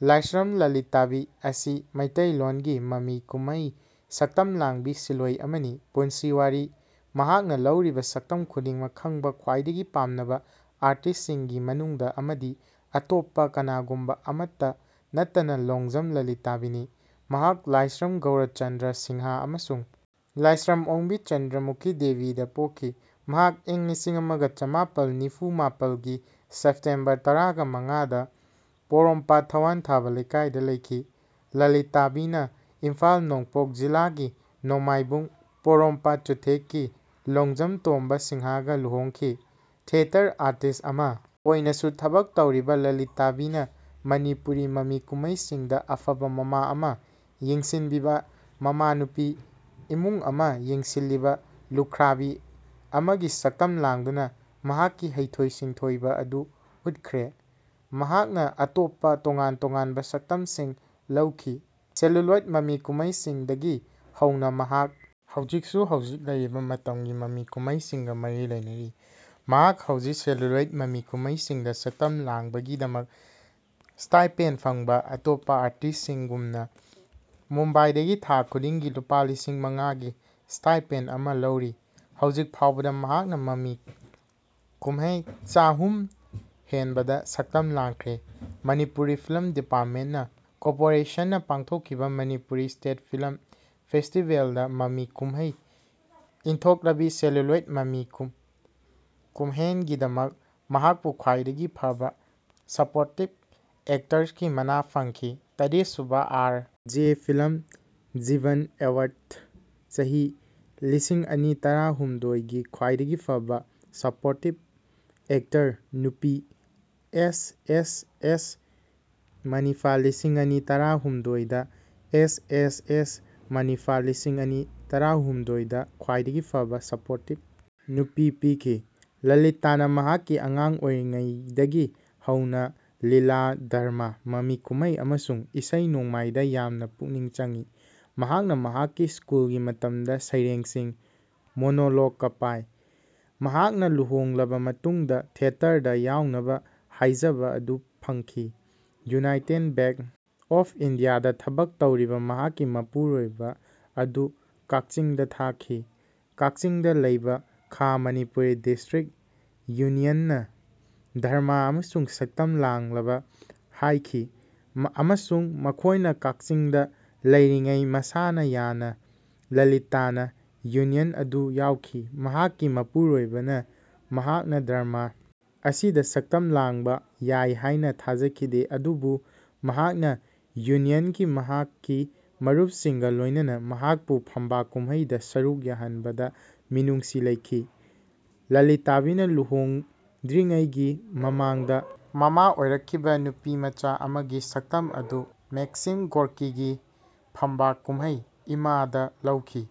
ꯂꯥꯏꯁ꯭ꯔꯝ ꯂꯂꯤꯇꯥꯕꯤ ꯑꯁꯤ ꯃꯤꯇꯩꯂꯣꯟꯒꯤ ꯃꯃꯤ ꯀꯨꯝꯍꯩ ꯁꯛꯇꯝ ꯂꯥꯡꯕꯤ ꯁꯤꯟꯂꯣꯏ ꯑꯃꯅꯤ꯫ ꯄꯨꯟꯁꯤ ꯋꯥꯔꯤ ꯃꯍꯥꯛꯅ ꯂꯧꯔꯤꯕ ꯁꯛꯇꯝ ꯈꯨꯗꯤꯡꯃꯛ ꯈꯪꯕ ꯈ꯭ꯋꯥꯏꯗꯒꯤ ꯄꯥꯝꯅꯕ ꯑꯥꯔꯇꯤꯁ꯭ꯠꯁꯤꯡꯒꯤ ꯃꯅꯨꯡꯗ ꯑꯃꯗꯤ ꯑꯇꯣꯞꯄ ꯀꯅꯥꯒꯨꯝꯕ ꯑꯃꯠꯇ ꯅꯠꯇꯅ ꯂꯣꯡꯖꯝ ꯂꯂꯤꯇꯥꯕꯤꯅꯤ꯫ ꯃꯍꯥꯛ ꯂꯥꯏꯁ꯭ꯔꯝ ꯒꯧꯔꯆꯟꯗ ꯁꯤꯡꯍ ꯑꯃꯁꯨꯡ ꯂꯥꯏꯁ꯭ꯔꯝ ꯑꯣꯡꯕꯤ ꯆꯟꯗ꯭ꯔꯃꯨꯈꯤ ꯗꯦꯕꯤꯗ ꯄꯣꯛꯈꯤ꯫ ꯃꯍꯥꯛ ꯏꯪ ꯂꯤꯁꯤꯡ ꯑꯃ ꯆꯥꯃꯥꯄꯜ ꯅꯤꯐꯨ ꯃꯥꯄꯜꯒꯤ ꯁꯦꯞꯇꯦꯝꯕꯔ ꯇꯔꯥ ꯃꯉꯥꯗ ꯄꯣꯔꯣꯝꯄꯠ ꯊꯥꯋꯟꯊꯥꯕꯥ ꯂꯦꯏꯀꯥꯏꯗ ꯂꯩꯈꯤ꯫ ꯂꯂꯤꯇꯥꯕꯤꯅ ꯏꯝꯐꯥꯜ ꯅꯣꯡꯄꯣꯛ ꯖꯤꯂꯥꯒꯤ ꯅꯣꯡꯃꯥꯏꯕꯨꯡ ꯄꯣꯔꯣꯝꯄꯥꯠ ꯆꯨꯊꯦꯛꯀꯤ ꯂꯣꯡꯖꯥꯝ ꯇꯣꯝꯕ ꯁꯤꯡꯍꯒ ꯂꯨꯍꯣꯡꯈꯤ꯫ ꯊꯤꯌꯦꯇꯔ ꯑꯥꯔꯇꯤꯁ꯭ꯠ ꯑꯃ ꯑꯣꯏꯅꯁꯨ ꯊꯕꯛ ꯇꯧꯔꯤꯕ ꯂꯂꯤꯇꯥꯕꯤꯅ ꯃꯅꯤꯄꯨꯔꯤ ꯃꯃꯤ ꯀꯨꯝꯍꯩꯁꯤꯡꯗ ꯑꯐꯕ ꯃꯃꯥ ꯑꯃ, ꯌꯦꯡꯁꯤꯟꯕꯤꯕ ꯃꯃꯥꯅꯨꯄꯤ, ꯏꯃꯨꯡ ꯑꯃ ꯌꯦꯡꯁꯤꯜꯂꯤꯕ ꯂꯨꯈ꯭ꯔꯥꯕꯤ ꯑꯃꯒꯤ ꯁꯛꯇꯝ ꯂꯥꯡꯗꯨꯅ ꯃꯍꯥꯛꯀꯤ ꯍꯩꯊꯣꯏ-ꯁꯤꯡꯊꯣꯏꯕ ꯑꯗꯨ ꯎꯠꯈ꯭ꯔꯦ꯫ ꯃꯍꯥꯛꯅ ꯑꯇꯣꯞꯄ ꯇꯣꯉꯥꯟ-ꯇꯣꯉꯥꯟꯕ ꯁꯛꯇꯝꯁꯤꯡ ꯂꯧꯈꯤ꯫ ꯁꯦꯂꯨꯂꯣꯏꯗ ꯃꯃꯤ ꯀꯨꯝꯍꯩꯁꯤꯡꯗꯒꯤ ꯍꯧꯅ ꯃꯍꯥꯛ ꯍꯧꯖꯤꯛꯁꯨ ꯍꯧꯖꯤꯛ ꯂꯩꯔꯤꯕ ꯃꯇꯝꯒꯤ ꯃꯃꯤ ꯀꯨꯝꯍꯩꯁꯤꯡꯒ ꯃꯔꯤ ꯂꯩꯅꯔꯤ꯫ ꯃꯍꯥꯛ ꯍꯧꯖꯤꯛ ꯁꯦꯂꯨꯂꯣꯏꯗ ꯃꯃꯤ ꯀꯨꯝꯍꯩꯁꯤꯡꯗ ꯁꯛꯇꯝ ꯂꯥꯡꯕꯒꯤꯗꯃꯛ ꯁ꯭ꯇꯥꯏꯄꯦꯟ ꯐꯪꯕ ꯑꯇꯣꯞꯄ ꯑꯥꯔꯇꯤꯁꯇꯁꯤꯡꯒꯨꯝꯅ ꯃꯨꯝꯕꯥꯏꯗꯒꯤ ꯊꯥ ꯈꯨꯗꯤꯡꯒꯤ ꯂꯨꯄꯥ ꯂꯤꯁꯤꯡ ꯃꯉꯥꯒꯤ ꯁ꯭ꯇꯥꯏꯄꯦꯟ ꯑꯃ ꯂꯧꯔꯤ꯫ ꯍꯧꯖꯤꯛ ꯐꯥꯎꯕꯗ ꯃꯍꯥꯛꯅ ꯃꯃꯤ ꯀꯨꯝꯍꯦꯏ ꯆꯥꯍꯨꯝ ꯍꯦꯟꯕꯗ ꯁꯛꯇꯝ ꯂꯥꯡꯈ꯭ꯔꯦ꯫ ꯃꯅꯤꯄꯨꯔ ꯐꯤꯜ꯭ꯃ ꯗꯤꯕꯦꯂꯞꯃꯦꯟꯇ ꯀꯣꯔꯄꯣꯔꯦꯁꯟꯅ ꯄꯥꯡꯊꯣꯛꯈꯤꯕ ꯃꯅꯤꯄꯨꯔ ꯁ꯭ꯇꯦꯠ ꯐꯤꯜꯃ ꯐꯦꯁꯇꯤꯕꯦꯜꯗ ꯃꯃꯤ ꯀꯨꯝꯍꯦꯏ ꯏꯟꯊꯣꯛꯂꯕꯤ ꯁꯦꯂꯨꯂꯣꯏꯗ ꯃꯃꯤ ꯀꯨꯝꯍꯦꯏꯒꯤꯗꯃꯛ ꯃꯍꯥꯛꯄꯨ ꯈ꯭ꯋꯥꯏꯗꯒꯤ ꯐꯕ ꯁꯄꯣꯔꯇꯤꯡ ꯑꯦꯛꯇꯔꯒꯤ ꯃꯅꯥ ꯄꯤꯈꯤ, ꯇꯔꯦꯠꯁꯨꯕ ꯑꯥꯔ. ꯖꯦ. ꯐꯤꯜ꯭ꯃ ꯚꯤꯖꯟ ꯑꯦꯋꯥꯔ꯭ꯗꯇ ꯆꯍꯤ -ꯂꯤꯁꯤꯡ ꯑꯅꯤ ꯇꯔꯥ ꯍꯨꯝꯗꯣꯏꯒꯤ ꯈ꯭ꯋꯥꯏꯗꯒꯤ ꯐꯕ ꯁꯄꯣꯔꯇꯤꯡ ꯑꯦꯛꯇꯔ (ꯅꯨꯄꯤ), ꯑꯦꯁ. ꯑꯦꯁ. ꯑꯦꯁ. ꯃꯅꯤꯐꯥ ꯂꯤꯁꯤꯡ ꯑꯅꯤ ꯇꯔꯥ ꯍꯨꯝꯗꯣꯏꯗ ꯑꯦꯁ. ꯑꯦꯁ. ꯑꯦꯁ. ꯃꯅꯤꯐꯥ ꯂꯤꯁꯤꯡ ꯑꯅꯤ ꯇꯔꯥ ꯍꯨꯝꯗꯣꯏꯗ ꯈ꯭ꯋꯥꯏꯗꯒꯤ ꯐꯕ ꯁꯄꯣꯔꯇꯤꯡ (ꯅꯨꯄꯤ) ꯄꯤꯈꯤ꯫ ꯂꯂꯤꯇꯥꯕꯤꯅ ꯃꯍꯥꯛꯀꯤ ꯑꯉꯥꯡ ꯑꯣꯏꯔꯤꯉꯩꯗꯒꯤ ꯍꯧꯅ ꯂꯤꯂꯥ, ꯗ꯭ꯔꯃꯥ, ꯃꯃꯤ ꯀꯨꯝꯍꯩ ꯑꯃꯁꯨꯡ ꯏꯁꯩ-ꯅꯣꯡꯃꯥꯏꯗ ꯌꯥꯝꯅ ꯄꯨꯛꯅꯤꯡ ꯆꯪꯉꯤ꯫ ꯃꯍꯥꯛꯅ ꯃꯍꯥꯛꯀꯤ ꯁ꯭ꯀꯨꯜꯒꯤ ꯃꯇꯝꯗ ꯁꯩꯔꯦꯡꯁꯤꯡ, ꯃꯣꯅꯣꯂꯣꯒ ꯄꯥꯏ꯫ ꯃꯍꯥꯛꯅ ꯂꯨꯍꯣꯡꯂꯕ ꯃꯇꯨꯡꯗ ꯊꯤꯌꯦꯇꯔꯗ ꯌꯥꯎꯅꯕ ꯍꯥꯏꯖꯕ ꯑꯗꯨ ꯐꯪꯈꯤ꯫ ꯌꯨꯅꯥꯏꯇꯦꯗ ꯕꯦꯡꯛ ꯑꯣꯐ ꯏꯟꯗꯤꯌꯥꯗ ꯊꯕꯛ ꯇꯧꯔꯤꯕ ꯃꯍꯥꯛꯀꯤ ꯃꯄꯨꯔꯣꯏꯕ ꯑꯗꯨ ꯀꯛꯆꯤꯡꯗ ꯊꯥꯈꯤ꯫ ꯀꯛꯆꯤꯡꯗ ꯂꯩꯕ ꯈꯥ-ꯃꯅꯤꯄꯨꯔ ꯗ꯭ꯔꯥꯃꯦꯇꯤꯛ ꯌꯨꯅꯤꯌꯟꯅ ꯗ꯭ꯔꯃꯥ ꯑꯃꯗ ꯁꯛꯇꯝ ꯂꯥꯡꯅꯕ ꯍꯥꯏꯈꯤ ꯑꯃꯁꯨꯡ ꯃꯈꯣꯏꯅ ꯀꯛꯆꯤꯡꯗ ꯂꯩꯔꯤꯉꯩꯗ ꯃꯁꯥꯅ ꯌꯥꯅ ꯂꯂꯤꯇꯥꯕꯤꯅ ꯌꯨꯅꯤꯌꯟ ꯑꯗꯨꯗ ꯌꯥꯎꯈꯤ꯫ ꯃꯍꯥꯛꯀꯤ ꯃꯄꯨꯔꯣꯏꯕꯅ ꯃꯍꯥꯛꯅ ꯗ꯭ꯔꯃꯥ ꯑꯁꯤꯗ ꯁꯛꯇꯝ ꯂꯥꯡꯕ ꯌꯥꯏ ꯍꯥꯏꯅ ꯊꯥꯖꯈꯤꯗꯦ꯫ ꯑꯗꯨꯕꯨ ꯃꯍꯥꯛꯅ ꯌꯨꯅꯤꯌꯟꯒꯤ ꯃꯍꯥꯛꯀꯤ ꯃꯔꯨꯞꯁꯤꯡꯒ ꯂꯣꯏꯅꯅ ꯃꯍꯥꯛꯄꯨ ꯐꯝꯕꯥꯛ ꯀꯨꯝꯍꯩꯗ ꯁꯔꯨꯛ ꯌꯥꯍꯟꯕꯗ ꯃꯤꯅꯨꯡꯁꯤ ꯂꯩꯈꯤ꯫ ꯂꯂꯤꯇꯥꯕꯤꯅ ꯂꯨꯍꯣꯡꯗ꯭ꯔꯤꯉꯩꯒꯤ ꯃꯃꯥꯡꯗ ꯃꯃꯥ ꯑꯣꯏꯔꯛꯈꯤꯕ ꯅꯨꯄꯤꯃꯆꯥ ꯑꯃꯒꯤ ꯁꯛꯇꯝ ꯑꯗꯨ ꯃꯦꯛꯁꯤꯝ ꯒꯣꯔꯀꯤꯒꯤ ꯐꯝꯕꯥꯛ ꯀꯨꯝꯍꯩ 'ꯏꯃꯥ'ꯗ ꯂꯧꯈꯤ꯫